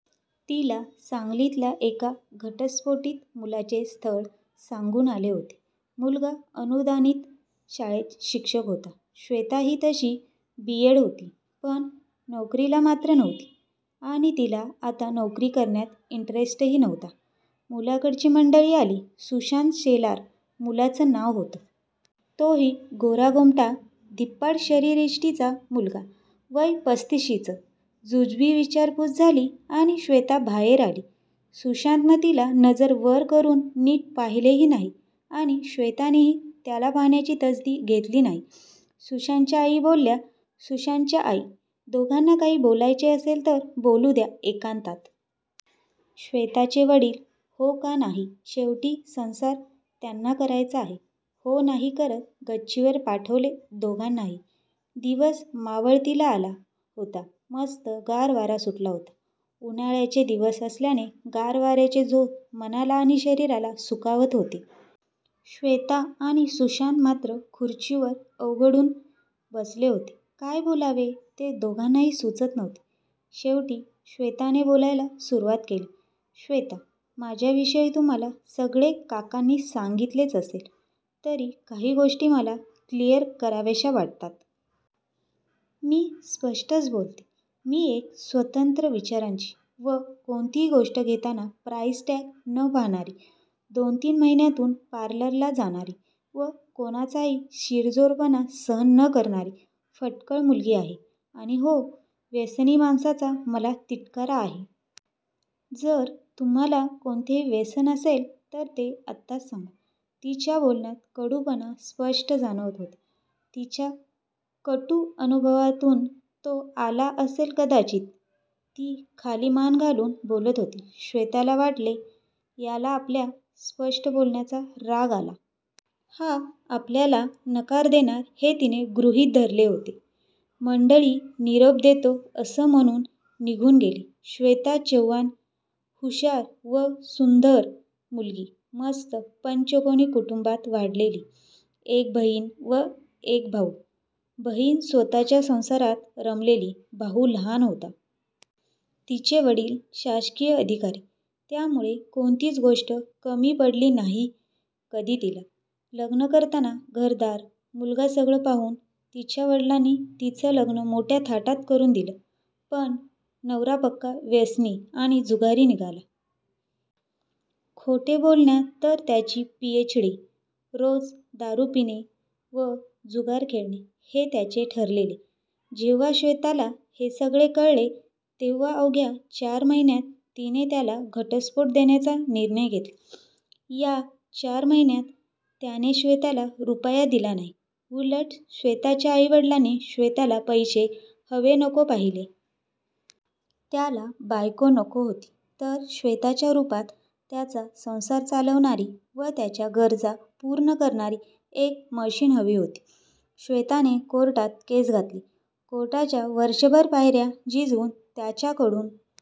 तिला सांगलीतल्या एका घटस्फोटित मुलाचे स्थळ सांगून आले होते. मुलगा अनुदानित शाळेत शिक्षक होता. श्वेता ही तशी बी. एड होती. पण नोकरीला मात्र नव्हती आणि तिला आता नोकरी करण्यात इंटरेस्टही नव्हता. मुलाकडची मंडळी आली, सुशांत शेलार मुलाचं नाव होतं. तोही गोरागोमटा, धिप्पाड शरीरयष्टीचा मुलगा, वय पस्तिशीचं. जुजबी विचारपूस झाली आणि श्वेता बाहेर आली. सुशांतने तिला नजर वर करून नीट पाहिलेही नाही आणि श्वेतानेही त्याला पाहण्याची तसदी घेतली नाही. सुशांतच्या आई बोलल्या, सुशांतच्या आई, दोघांना काही बोलायचे असेल तर बोलू द्या एकांतात. श्वेताचे वडील, हो का नाही, शेवटी संसार त्यांना करायचा आहे. हो-नाही करत गच्चीवर पाठवले दोघांनाही! दिवस मावळतीला आला होता. मस्त गार वारा सुटला होता, उन्हाळ्याचे दिवस असल्याने गार वाऱ्याचे झोत मनाला आणि शरीराला सुखावत होते. श्वेता आणि सुशांत मात्र खुर्चीवर अवघडून बसले होते. काय बोलावे ते दोघांनाही सुचत नव्हते. शेवटी श्वेताने बोलायला सुरुवात केली. श्वेता, माझ्याविषयी तुम्हाला सगळे काकांनी सांगितलेच असेल, तरी काही गोष्टी मला क्लिअर कराव्याशा वाटतात. मी स्पष्टच बोलते. मी एक स्वतंत्र विचारांची व कोणतीही गोष्ट घेताना प्राईज टॅग न पाहणारी, दोन-तीन महिन्यांतून पारललला जाणारी व कोणाचाही शिरजोरपणा सहन न करणारी फटकळ मुलगी आहे आणि हो, व्यसनी माणसांचा मला तिटकारा आहे. जर तुम्हाला कोणतेही व्यसन असेल तर ते आत्ताच सांगा. तिच्या बोलण्यात कडूपणा स्पष्ट जाणवत होता. तिच्या कटू अनुभवातून तो आला असेल कदाचित. ती खाली मान घालून बोलत होती. श्वेताला वाटले याला आपल्या स्पष्ट बोलण्याचा राग आला. हा आपल्याला नकार देणार हे तिने गृहीत धरले होते. मंडळी निरोप देतो असं म्हणून निघून गेली. श्वेता चव्हाण हुशार व सुंदर मुलगी. मस्त पंचकोनी कुटुंबात वाढलेली. एक बहीण व एक भाऊ; बहीण स्वतःच्या संसारात रमलेली, भाऊ लहान होता. तिचे वडील शासकीय अधिकारी, त्यामुळे कोणतीच गोष्ट कमी पडली नाही कधी तिला! लग्न करताना घरदार, मुलगा सगळं पाहून तिच्या वडिलांनी तिचं लग्न मोठ्या थाटात करून दिलं. पण नवरा पक्का व्यसनी आणि जुगारी निघला. खोटे बोलण्यात तर त्याची पी.एच.डी., रोज दारू पिणे व जुगार खेळणे हे त्याचे ठरलेले. जेव्हा श्वेताला हे सगळे कळले तेव्हा अवघ्या चार महिन्यांत तिने त्याला घटस्फोट देण्याचा निर्णय घेतला. या चार महिन्यांत त्याने श्वेताला रुपया दिला नाही, उलट श्वेताच्या आई-वडिलांनी श्वेताला पैसे, हवे-नको पाहिले. त्याला बायको नको होती तर श्वेताच्या रूपात त्याचा संसार चालवणारी व त्याच्या गरजा पूर्ण करणारी एक मशीन हवी होती. श्वेताने कोर्टात केस घातली, कोर्टाच्या वर्षभर पायऱ्या झिजवून त्याच्याकडून